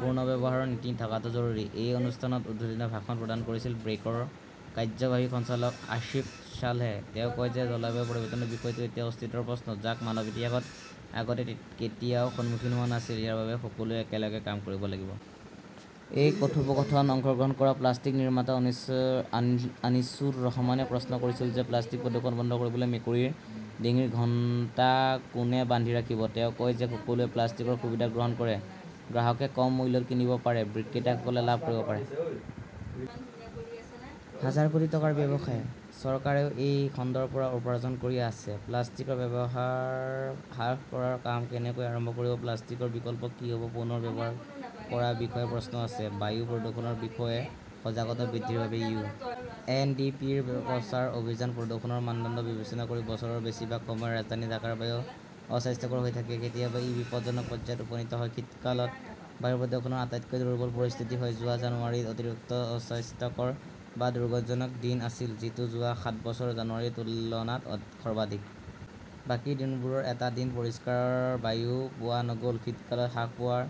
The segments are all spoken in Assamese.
পুনৰ্ব্যৱহাৰৰ নীতি থকাটো জৰুৰী। এই অনুষ্ঠানত উদ্বোধনী ভাষণ প্ৰদান কৰিছিল ব্ৰেকৰ কাৰ্যবাহী সঞ্চালক আসিফ সালেহে। তেওঁ কয় যে জলবায়ু পৰিৱৰ্তনৰ বিষয়টো এতিয়া অস্তিত্বৰ প্ৰশ্ন, যাক মানৱ ইতিহাসত আগতে কেতিয়াও সন্মুখীন হোৱা নাছিল। ইয়াৰ বাবে সকলোৱে একেলগে কাম কৰিব লাগিব। এই কথোপকথনত অংশগ্ৰহণ কৰা প্লাষ্টিক নিৰ্মাতা অনিছুৰ ৰহমানে প্ৰশ্ন কৰিছিল যে প্লাষ্টিক প্ৰদূষণ বন্ধ কৰিবলৈ 'মেকুৰীৰ ডিঙিৰ ঘণ্টা কোনে বান্ধি ৰাখিব । তেওঁ কয় যে সকলোৱে প্লাষ্টিকৰ সুবিধা গ্ৰহণ কৰে। গ্ৰাহকে কম মূল্যত কিনিব পাৰে, বিক্ৰেতাসকলে লাভ কৰিব পাৰে। হাজাৰ কোটি টকাৰ ব্যৱসায়। চৰকাৰেও এই খণ্ডৰ পৰা উপাৰ্জন কৰি আছে। প্লাষ্টিকৰ ব্যৱহাৰ হ্ৰাস কৰাৰ কাম কেনেকৈ আৰম্ভ কৰিব, প্লাষ্টিকৰ বিকল্প কি হ’ব, পুনৰ ব্যৱহাৰ কৰাৰ বিষয়েও প্ৰশ্ন আছে। বায়ু প্ৰদূষণৰ বিষয়ে সজাগতা বৃদ্ধিৰ বাবে ইউ. এন ডি পি ৰ প্ৰচাৰ অভিযান প্ৰদূষণৰ মানদণ্ড বিবেচনা কৰি বছৰৰ বেছিভাগ সময় ৰাজধানী ঢাকাৰ বায়ু অস্বাস্থ্যকৰ হৈ থাকে। কেতিয়াবা ই বিপদজনক পৰ্যায়ত উপনীত হয়। শীতকালত বায়ু প্ৰদূষণৰ আটাইতকৈ দুৰ্বল পৰিস্থিতি হয়। যোৱা জানুৱাৰীত অতিৰিক্ত অস্বাস্থ্যকৰ বা দুৰ্যোগজনক দিন আছিল, যিটো যোৱা সাত বছৰৰ জানুৱাৰীৰ তুলনাত সৰ্বাধিক। বাকী দিনবোৰৰ এটা দিনও পৰিষ্কাৰ বায়ু পোৱা নগ’ল। শীতকাল হ্ৰাস হোৱাৰ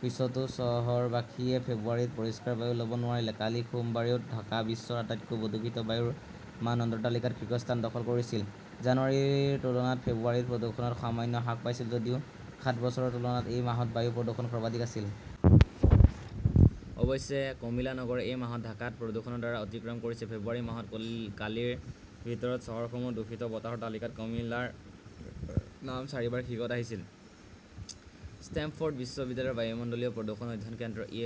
পিছতো চহৰবাসীয়ে ফেব্ৰুৱাৰীত পৰিষ্কাৰ বায়ু ল’ব নোৱাৰিলে। কালি সোমবাৰেও ঢাকা বিশ্বৰ আটাইতকৈ প্ৰদূষিত বায়ুৰ মানদণ্ডৰ তালিকাত শীৰ্ষস্থান দখল কৰিছিল। জানুৱাৰীৰ তুলনাত ফেব্ৰুৱাৰীত প্ৰদূষণ সামান্য হ্ৰাস পাইছিল যদিও সাত বছৰৰ তুলনাত এই মাহত বায়ু প্ৰদূষণ সৰ্বাধিক আছিল। অৱশ্যে, কমিলা নগৰে এই মাহত ঢাকাক প্ৰদূষণৰ দ্বাৰা অতিক্ৰম কৰিছে। ফেব্ৰুৱাৰী মাহত কালিৰ ভিতৰত চহৰসমূহৰ দূষিত বতাহৰ তালিকাত কমিলাৰ নাম চাৰিবাৰ শীৰ্ষত আছিল। ষ্টেমফৰ্ড বিশ্ববিদ্যালয়ৰ বায়ুমণ্ডলীয় প্ৰদূষণ অধ্যয়ন কেন্দ্ৰ এ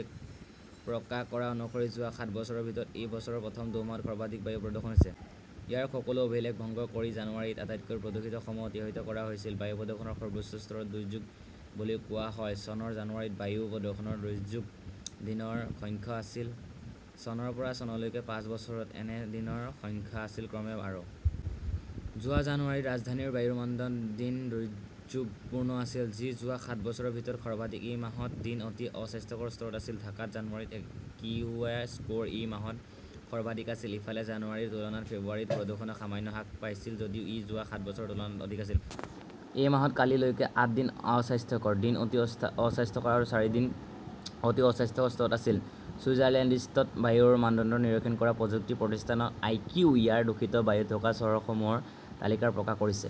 প্ৰকাশ কৰা অনুসৰি যোৱা সাত বছৰৰ ভিতৰত এই বছৰৰ প্ৰথম দুমাহত সৰ্বাধিক বায়ু প্ৰদূষণ হৈছে। ইয়াৰে সকলো অভিলেখ ভংগ কৰি জানুৱাৰীত আটাইতকৈ প্ৰদূষিত সময় অতিবাহিত কৰা হৈছিল। বায়ু প্ৰদূষণৰ সৰ্বোচ্চ স্তৰক দুৰ্যোগ বুলি কোৱা হয়। চনৰ জানুৱাৰীত বায়ু প্ৰদূষণৰ দুৰ্যোগ দিনৰ সংখ্যা আছিল। চনৰ পৰা চনলৈকে পাঁচ বছৰত এনে দিনৰ সংখ্যা আছিল ক্ৰমে, আৰু। যোৱা জানুৱাৰীত ৰাজধানীৰ বায়ুৰ মানদণ্ড দিন দুৰ্যোগপূৰ্ণ আছিল, যি যোৱা সাত বছৰৰ ভিতৰত সৰ্বাধিক। এই মাহত দিন অতি অস্বাস্থ্যকৰ স্তৰত আছিল। ঢাকাত জানুৱাৰীত একিউআই স্কৰ এই মাহত সৰ্বাধিক আছিল। ইফালে, জানুৱাৰীৰ তুলনাত ফেব্ৰুৱাৰীত প্ৰদূষণ সামান্য হ্ৰাস পাইছিল যদিও ই যোৱা সাত বছৰৰ তুলনাত অধিক আছিল। এই মাহত কালি লৈকে আঠ দিন অস্বাস্থ্যকৰ, দিন অতি অস্বাস্থ্যকৰ আৰু চাৰিদিন অতি অস্বাস্থ্যকৰ স্তৰত আছিল। ছুইজাৰলেণ্ডস্থিত বায়ুৰ মানদণ্ড নিৰীক্ষণ কৰা প্ৰযুক্তি প্ৰতিষ্ঠান আইকিউ এয়াৰে দূষিত বায়ু থকা চহৰসমূহৰ তালিকা প্ৰকাশ কৰিছে।